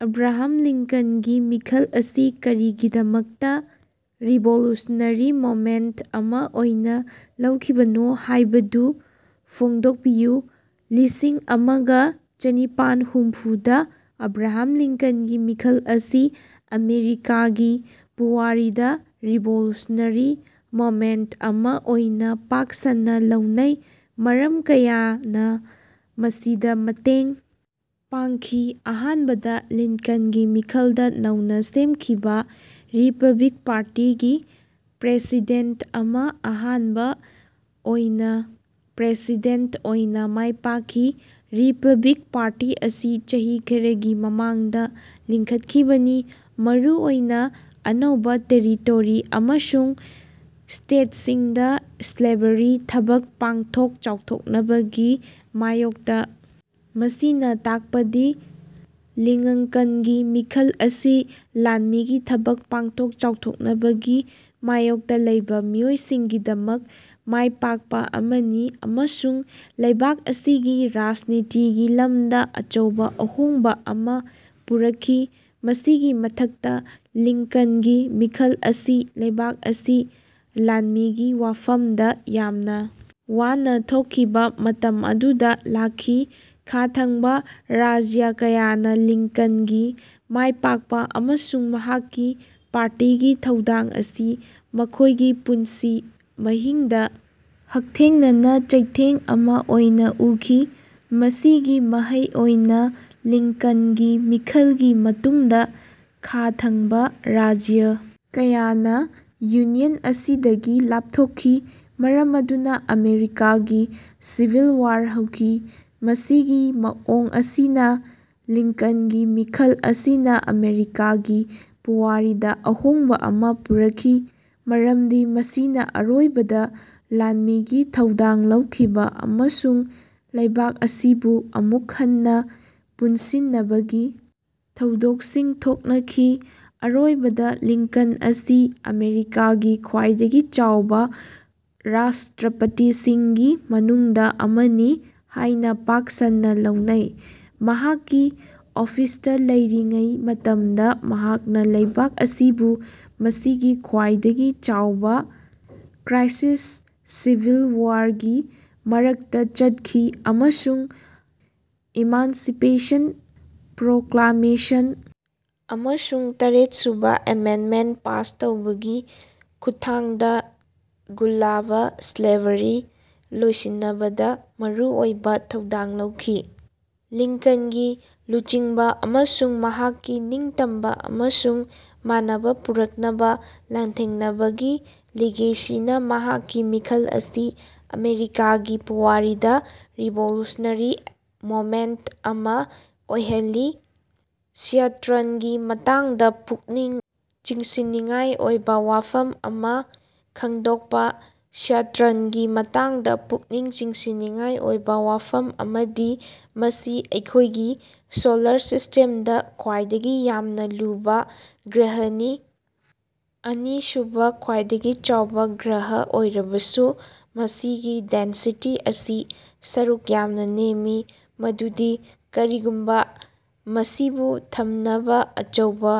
"Abraham ꯂꯤꯟꯀꯟꯒꯤ ꯃꯤꯈꯜ ꯑꯁꯤ ꯀꯔꯤꯒꯤꯗꯃꯛꯇ ꯔꯤꯚꯣꯂꯨꯁꯅꯔꯤ ꯃꯣꯃꯦꯟꯠ ꯑꯃ ꯑꯣꯏꯅ ꯂꯧꯈꯤꯕꯅꯣ ꯍꯥꯌꯕꯗꯨ ꯐꯣꯡꯗꯣꯛꯄꯤꯌꯨ꯫ ꯂꯤꯁꯤꯡ ꯑꯃꯒ ꯆꯅꯤꯄꯥꯟꯍꯨꯝꯐꯨ ꯗ ꯑꯕ꯭ꯔꯥꯍꯥꯝ ꯂꯤꯟꯀꯟꯒꯤ ꯃꯤꯈꯜ ꯑꯁꯤ ꯑꯃꯦꯔꯤꯀꯥꯒꯤ ꯄꯨꯋꯥꯔꯤꯗ ꯔꯤꯚꯣꯂꯨꯁꯅꯔꯤ ꯃꯣꯃꯦꯟꯠ ꯑꯃ ꯑꯣꯏꯅ ꯄꯥꯛ ꯁꯟꯅ ꯂꯧꯅꯩ꯫ ꯃꯔꯝ ꯀꯌꯥꯅ ꯃꯁꯤꯗ ꯃꯇꯦꯡ ꯄꯥꯡꯈꯤ: ꯑꯍꯥꯟꯕꯗ, ꯂꯤꯟꯀꯟꯒꯤ ꯃꯤꯈꯜꯗ ꯅꯧꯅ ꯁꯦꯝꯈꯤꯕ ꯔꯤꯄꯕ꯭ꯂꯤꯛ ꯄꯥꯔꯇꯤꯒꯤ ꯄ꯭ꯔꯦꯁꯤꯗꯦꯟꯠ ꯑꯃꯅ ꯑꯍꯥꯟꯕ ꯑꯣꯏꯅ ꯄ꯭ꯔꯦꯁꯤꯗꯦꯟꯠ ꯑꯣꯏꯅ ꯃꯥꯏꯄꯥꯛꯈꯤ꯫ ꯔꯤꯄꯕ꯭ꯂꯤꯛ ꯄꯥꯔꯇꯤ ꯑꯁꯤ ꯆꯍꯤ ꯈꯔꯒꯤ ꯃꯃꯥꯡꯗ ꯂꯤꯡꯈꯠꯈꯤꯕꯅꯤ, ꯃꯔꯨ ꯑꯣꯏꯅ ꯑꯅꯧꯕ ꯇꯦꯔꯤꯇꯣꯔꯤ ꯑꯃꯁꯨꯡ ꯁ꯭ꯇꯦꯠꯁꯤꯡꯗ ꯁ꯭ꯂꯦꯚꯔꯤ ꯊꯕꯛ ꯄꯥꯡꯊꯣꯛ ꯆꯥꯎꯊꯣꯛꯅꯕꯒꯤ ꯃꯥꯌꯣꯛꯇ꯫ ꯃꯁꯤꯅ ꯇꯥꯛꯄꯗꯤ ꯂꯤꯉꯡꯀꯟꯒꯤ ꯃꯤꯈꯜ ꯑꯁꯤ ꯂꯥꯟꯃꯤꯒꯤ ꯊꯕꯛ ꯄꯥꯛꯊꯣꯛ ꯆꯥꯎꯊꯣꯛꯅꯕꯒꯤ ꯃꯥꯌꯣꯛꯇ ꯂꯩꯕ ꯃꯤꯑꯣꯏꯁꯤꯡꯒꯤꯗꯃꯛ ꯃꯥꯏꯄꯥꯛꯄ ꯑꯃꯅꯤ ꯑꯃꯁꯨꯡ ꯂꯩꯕꯥꯛ ꯑꯁꯤꯒꯤ ꯔꯥꯖꯅꯤꯇꯤꯒꯤ ꯂꯃꯗ ꯑꯆꯧꯕ ꯑꯍꯣꯡꯕ ꯑꯃ ꯄꯨꯔꯛꯈꯤ꯫ ꯃꯁꯤꯒꯤ ꯃꯊꯛꯇ, ꯂꯤꯡꯀꯟꯒꯤ ꯃꯤꯈꯜ ꯑꯁꯤ ꯂꯩꯕꯥꯛ ꯑꯁꯤ ꯂꯥꯟꯃꯤꯒꯤ ꯋꯥꯐꯝꯗ ꯌꯥꯝꯅ ꯋꯥꯅ ꯊꯣꯛꯈꯤꯕ ꯃꯇꯝ ꯑꯗꯨꯗ ꯂꯥꯛꯈꯤ꯫ ꯈꯥ ꯊꯪꯕ ꯔꯥꯖ꯭ꯌ ꯀꯌꯥꯅꯥ ꯂꯤꯡꯀꯟꯒꯤ ꯃꯥꯏꯄꯥꯛꯄ ꯑꯃꯁꯨꯡ ꯃꯍꯥꯛꯀꯤ ꯄꯥꯔꯇꯤꯒꯤ ꯊꯧꯗꯥꯡ ꯑꯁꯤ ꯃꯈꯣꯏꯒꯤ ꯄꯨꯟꯁꯤ ꯃꯍꯤꯡꯗ ꯍꯛꯊꯦꯡꯅꯅ ꯆꯩꯊꯦꯡ ꯑꯃ ꯑꯣꯏꯅ ꯎꯈꯤ꯫ ꯃꯁꯤꯒꯤ ꯃꯍꯩ ꯑꯣꯏꯅ ꯂꯤꯡꯀꯟꯒꯤ ꯃꯤꯈꯜꯒꯤ ꯃꯇꯨꯡꯗ ꯈꯥ ꯊꯪꯕ ꯔꯥꯖ꯭ꯌ ꯀꯌꯥꯅ ꯌꯨꯅꯤꯌꯟ ꯑꯁꯤꯗꯒꯤ ꯂꯥꯞꯊꯣꯛꯈꯤ, ꯃꯔꯝ ꯑꯗꯨꯅ ꯑꯃꯦꯔꯤꯀꯥꯒꯤ ꯁꯤꯚꯤꯜ ꯋꯥꯔ ꯍꯧꯈꯤ꯫ ꯃꯁꯤꯒꯤ ꯃꯑꯣꯡ ꯑꯁꯤꯅ ꯂꯤꯡꯀꯟꯒꯤ ꯃꯤꯈꯜ ꯑꯁꯤꯅ ꯑꯃꯦꯔꯤꯀꯥꯒꯤ ꯄꯨꯋꯥꯔꯤꯗ ꯑꯍꯣꯡꯕ ꯑꯃ ꯄꯨꯔꯛꯈꯤ, ꯃꯔꯝꯗꯤ ꯃꯁꯤꯅ ꯑꯔꯣꯏꯕꯗ ꯂꯥꯟꯃꯤꯒꯤ ꯊꯧꯗꯥꯡ ꯂꯧꯈꯤꯕ ꯑꯃꯁꯨꯡ ꯂꯩꯕꯥꯛ ꯑꯁꯤꯕꯨ ꯑꯃꯨꯛ ꯍꯟꯅ ꯄꯨꯟꯁꯤꯅꯕꯒꯤ ꯊꯧꯗꯣꯛꯁꯤꯡ ꯊꯣꯛꯅꯈꯤ꯫ ꯑꯔꯣꯏꯕꯗ, ꯂꯤꯡꯀꯟ ꯑꯁꯤ ꯑꯃꯦꯔꯤꯀꯥꯒꯤ ꯈ꯭ꯋꯥꯏꯗꯒꯤ ꯆꯥꯎꯕ ꯔꯥꯁꯇ꯭ꯔꯄꯇꯤꯁꯤꯡꯒꯤ ꯃꯅꯨꯡꯗ ꯑꯃꯅꯤ ꯍꯥꯏꯅ ꯄꯥꯛ ꯁꯟꯅ ꯂꯧꯅꯩ꯫ ꯃꯍꯥꯛꯀꯤ ꯑꯣꯐꯤꯁꯇ ꯂꯩꯔꯤꯉꯩ ꯃꯇꯝꯗ ꯃꯍꯥꯛꯅ ꯂꯩꯕꯥꯛ ꯑꯁꯤꯕꯨ ꯃꯁꯤꯒꯤ ꯈ꯭ꯋꯥꯏꯗꯒꯤ ꯆꯥꯎꯕꯥ ꯀ꯭ꯔꯥꯏꯁꯤꯁ, ꯁꯤꯚꯤꯜ ꯋꯥꯔꯒꯤ ꯃꯔꯛꯇ ꯆꯠꯈꯤ ꯑꯃꯁꯨꯡ ꯏꯃꯥꯟꯁꯤꯄꯦꯁꯟ ꯄ꯭ꯔꯣꯀ꯭ꯂꯥꯃꯦꯁꯟ ꯑꯃꯁꯨꯡ ꯇꯔꯦꯠꯁꯨꯕ ꯑꯦꯃꯦꯟꯗꯃꯦꯟꯠ ꯄꯥꯁ ꯇꯧꯕꯒꯤ ꯈꯨꯠꯊꯥꯡꯗ ꯒꯨꯂꯥꯕ(ꯁ꯭ꯂꯦꯚꯔꯤ) ꯂꯣꯏꯁꯤꯅꯕꯗ ꯃꯔꯨꯑꯣꯏꯕ ꯊꯧꯗꯥꯡ ꯂꯧꯈꯤ꯫ ꯂꯤꯡꯀꯟꯒꯤ ꯂꯨꯆꯤꯡꯕ ꯑꯃꯁꯨꯡ ꯃꯍꯥꯛꯀꯤ ꯅꯤꯡꯇꯝꯕ ꯑꯃꯁꯨꯡ ꯃꯥꯟꯅꯕ ꯄꯨꯔꯛꯅꯕ ꯂꯥꯟꯊꯦꯡꯅꯕꯒꯤ ꯂꯤꯒꯦꯁꯤꯅ ꯃꯍꯥꯛꯀꯤ ꯃꯤꯈꯜ ꯑꯁꯤ ꯑꯃꯦꯔꯤꯀꯥꯒꯤ ꯄꯨꯋꯥꯔꯤꯗ ꯔꯤꯚꯣꯂꯨꯁꯅꯔꯤ ꯃꯣꯃꯦꯟꯇ ꯑꯃ ꯑꯣꯏꯍꯜꯂꯤ꯫ ꯁ꯭ꯌꯥꯇ꯭ꯔꯟꯒꯤ ꯃꯇꯥꯡꯗ ꯄꯨꯛꯅꯤꯡ ꯆꯤꯡꯁꯤꯟꯅꯤꯡꯉꯥꯏ ꯑꯣꯏꯕ ꯋꯥꯐꯝ ꯑꯃ ꯈꯉꯗꯣꯛꯄ꯫ ꯁ꯭ꯌꯥꯇ꯭ꯔꯟꯒꯤ ꯃꯇꯥꯡꯗ ꯄꯨꯛꯅꯤꯡ ꯆꯤꯡꯁꯤꯟꯅꯤꯡꯉꯥꯏ ꯑꯣꯏꯕ ꯋꯥꯐꯝ ꯑꯃꯗꯤ ꯃꯁꯤ ꯑꯩꯈꯣꯏꯒꯤ ꯁꯣꯂꯥꯔ ꯁꯤꯁ꯭ꯇꯦꯝꯗ ꯈ꯭ꯋꯥꯏꯗꯒꯤ ꯌꯥꯝꯅ ꯂꯨꯕ ꯒ꯭ꯔꯍꯅꯤ꯫ ꯑꯅꯤꯁꯨꯕ ꯈ꯭ꯋꯥꯏꯗꯒꯤ ꯆꯥꯎꯕ ꯒ꯭ꯔꯍ ꯑꯣꯏꯔꯕꯁꯨ, ꯃꯁꯤꯒꯤ ꯗꯦꯟꯁꯤꯇꯤ ꯑꯁꯤ ꯑꯁꯨꯛ ꯌꯥꯝꯅ ꯅꯦꯝꯃꯤ ꯃꯗꯨꯗꯤ ꯀꯔꯤꯒꯨꯝꯕ ꯃꯁꯤꯕꯨ ꯊꯝꯅꯕ ꯑꯆꯧꯕ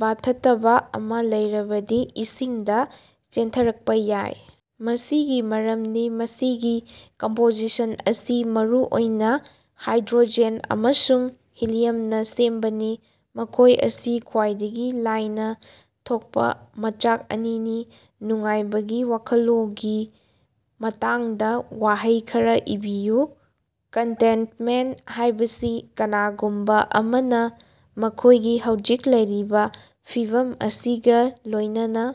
ꯕꯥꯊꯇꯕ ꯑꯃ ꯂꯩꯔꯕꯗꯤ ꯏꯁꯤꯡꯗ ꯆꯦꯟꯊꯔꯛꯄ ꯌꯥꯏ! ꯃꯁꯤꯒꯤ ꯃꯔꯝꯗꯤ ꯃꯁꯤꯒꯤ ꯀꯝꯄꯣꯖꯤꯁꯟ ꯑꯁꯤ ꯃꯔꯨꯑꯣꯏꯅ ꯍꯥꯏꯗ꯭ꯔꯣꯖꯦꯟ ꯑꯃꯁꯨꯡ ꯍꯤꯂꯤꯌꯝꯅ ꯁꯦꯝꯕꯅꯤ, ꯃꯈꯣꯏ ꯑꯁꯤ ꯈ꯭ꯋꯥꯏꯗꯒꯤ ꯂꯥꯏꯅ ꯊꯣꯛꯄ ꯃꯆꯥꯛ ꯑꯅꯤꯅꯤ꯫ ꯅꯨꯡꯉꯥꯏꯕꯒꯤ ꯋꯥꯈꯜꯂꯣꯒꯤ ꯃꯇꯥꯡꯗ ꯋꯥꯍꯩ ꯈꯔ ꯏꯕꯤꯌꯨ꯫ ꯀꯟꯇꯦꯟꯇꯃꯦꯟꯠ ꯍꯥꯏꯕꯁꯤ ꯀꯅꯥꯒꯨꯝꯕ ꯑꯃꯅ ꯃꯈꯣꯏꯒꯤ ꯍꯧꯖꯤꯛ ꯂꯩꯔꯤꯕ ꯐꯤꯚꯝ ꯑꯁꯤꯒ ꯂꯣꯏꯅꯅ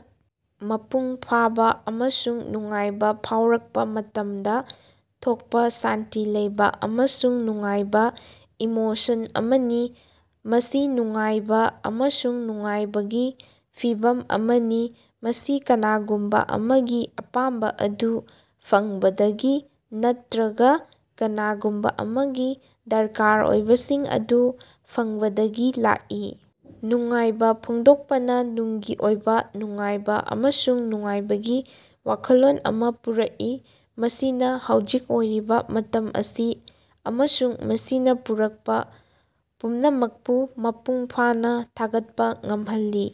ꯃꯄꯨꯡ ꯐꯥꯕꯥ ꯑꯃꯁꯨꯡ ꯅꯨꯡꯉꯥꯏꯕ ꯐꯥꯎꯔꯛꯄ ꯃꯇꯝꯗ ꯊꯣꯛꯄ ꯁꯥꯟꯇꯤ ꯂꯩꯕ ꯑꯃꯁꯨꯡ ꯅꯨꯡꯉꯥꯏꯕ ꯏꯃꯣꯁꯟ ꯑꯃꯅꯤ꯫ ꯃꯁꯤ ꯅꯨꯡꯉꯥꯏꯕ ꯑꯃꯁꯨꯡ ꯅꯨꯡꯉꯥꯏꯕꯒꯤ ꯐꯤꯚꯝ ꯑꯃꯅꯤ, ꯃꯁꯤ ꯀꯅꯥꯒꯨꯝꯕ ꯑꯃꯒꯤ ꯑꯄꯥꯝꯕ ꯑꯗꯨ ꯐꯪꯕꯗꯒꯤ ꯅꯠꯇꯔꯒ ꯀꯅꯥꯒꯨꯝꯕ ꯑꯃꯒꯤ ꯗꯔꯀꯥꯔ ꯑꯣꯏꯕꯁꯤꯡ ꯑꯗꯨ ꯐꯪꯕꯗꯒꯤ ꯂꯥꯛꯏ꯫ ꯅꯨꯡꯉꯥꯏꯕ ꯐꯣꯡꯗꯣꯛꯄꯅ ꯅꯨꯡꯒꯤ ꯑꯣꯏꯕ ꯅꯨꯡꯉꯥꯏꯕ ꯑꯃꯁꯨꯡ ꯅꯨꯡꯉꯥꯏꯕꯒꯤ ꯋꯥꯈꯜꯂꯣꯟ ꯑꯃ ꯄꯨꯔꯛꯏ, ꯃꯁꯤꯅ ꯍꯧꯖꯤꯛ ꯑꯣꯏꯔꯤꯕ ꯃꯇꯝ ꯑꯁꯤ ꯑꯃꯁꯨꯡ ꯃꯁꯤꯅ ꯄꯨꯔꯛꯄ ꯄꯨꯝꯅꯃꯛꯄꯨ ꯃꯄꯨꯡ ꯐꯥꯅ ꯊꯥꯒꯠꯄ ꯉꯝꯍꯜꯂꯤ꯫